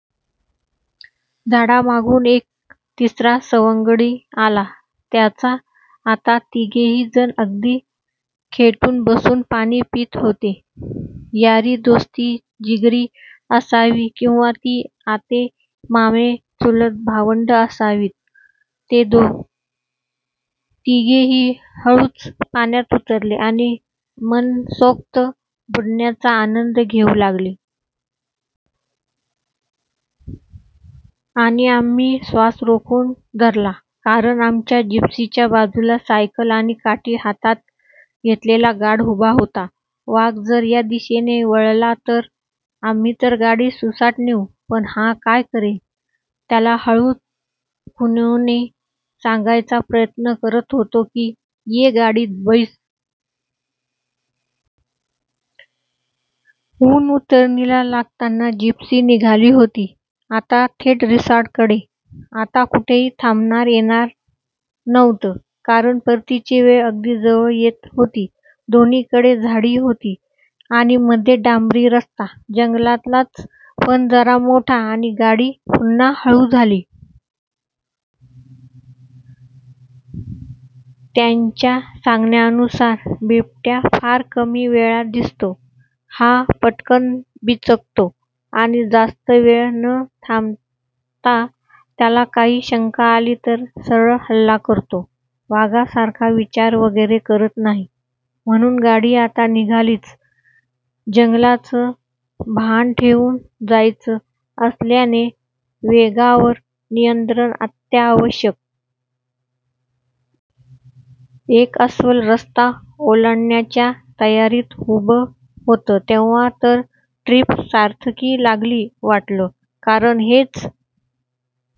झाडामागून एक तिसरा सवंगडी आला त्यांचा. आता तिघेहीजण अगदी खेटून बसून पाणी पीत होते... यारी-दोस्ती जिगरी असावी किंवा ती आते, मामे, चुलत भावंडं असावीत. ते तिघेही हळूच पाण्यात उतरले आणि मनसोक्त डुंबण्याचा आनंद घेऊ लागले. आणि आम्ही श्वास रोखून धरला, कारण आमच्या जिप्सीच्या बाजूला सायकल आणि काठी हातात घेतलेला गार्ड उभा होता. वाघ जर या दिशेने वळला तर? आम्ही तर गाडी सुसाट नेऊ, पण हा काय करेल? त्याला हळू खुणेने सांगायचा प्रयत्न करत होतो की, 'ये, गाडीत बस!' उन्हं उतरणीला लागताना जिप्सी निघाली होती आता थेट रिसॉर्टकडे. आता कुठेही थांबता येणार नव्हतं, कारण परतीची वेळ अगदी जवळ येत होती. दोन्हीकडे झाडी होती आणि मध्ये डांबरी रस्ता. जंगलातलाच, पण जरा मोठा! आणि गाडी पुन्हा हळू झाली. त्याच्या सांगण्यानुसार बिबट्या फार कमी वेळा दिसतो. हा पटकन बिचकतो आणि जास्त वेळ न थांबता त्याला काही शंका आली तर सरळ हल्ला करतो! वाघासारखा विचार वगैरे करत नाही! म्हणून गाडी आता निघालीच, जंगलाचं भान ठेवत जायचं असल्याने वेगावर नियंत्रण अत्यावश्यकच होतं! एक अस्वल रस्ता ओलांडण्याच्या तयारीत उभं होतं तेव्हा तर ट्रिप सार्थकी लागली वाटलं, कारण हेच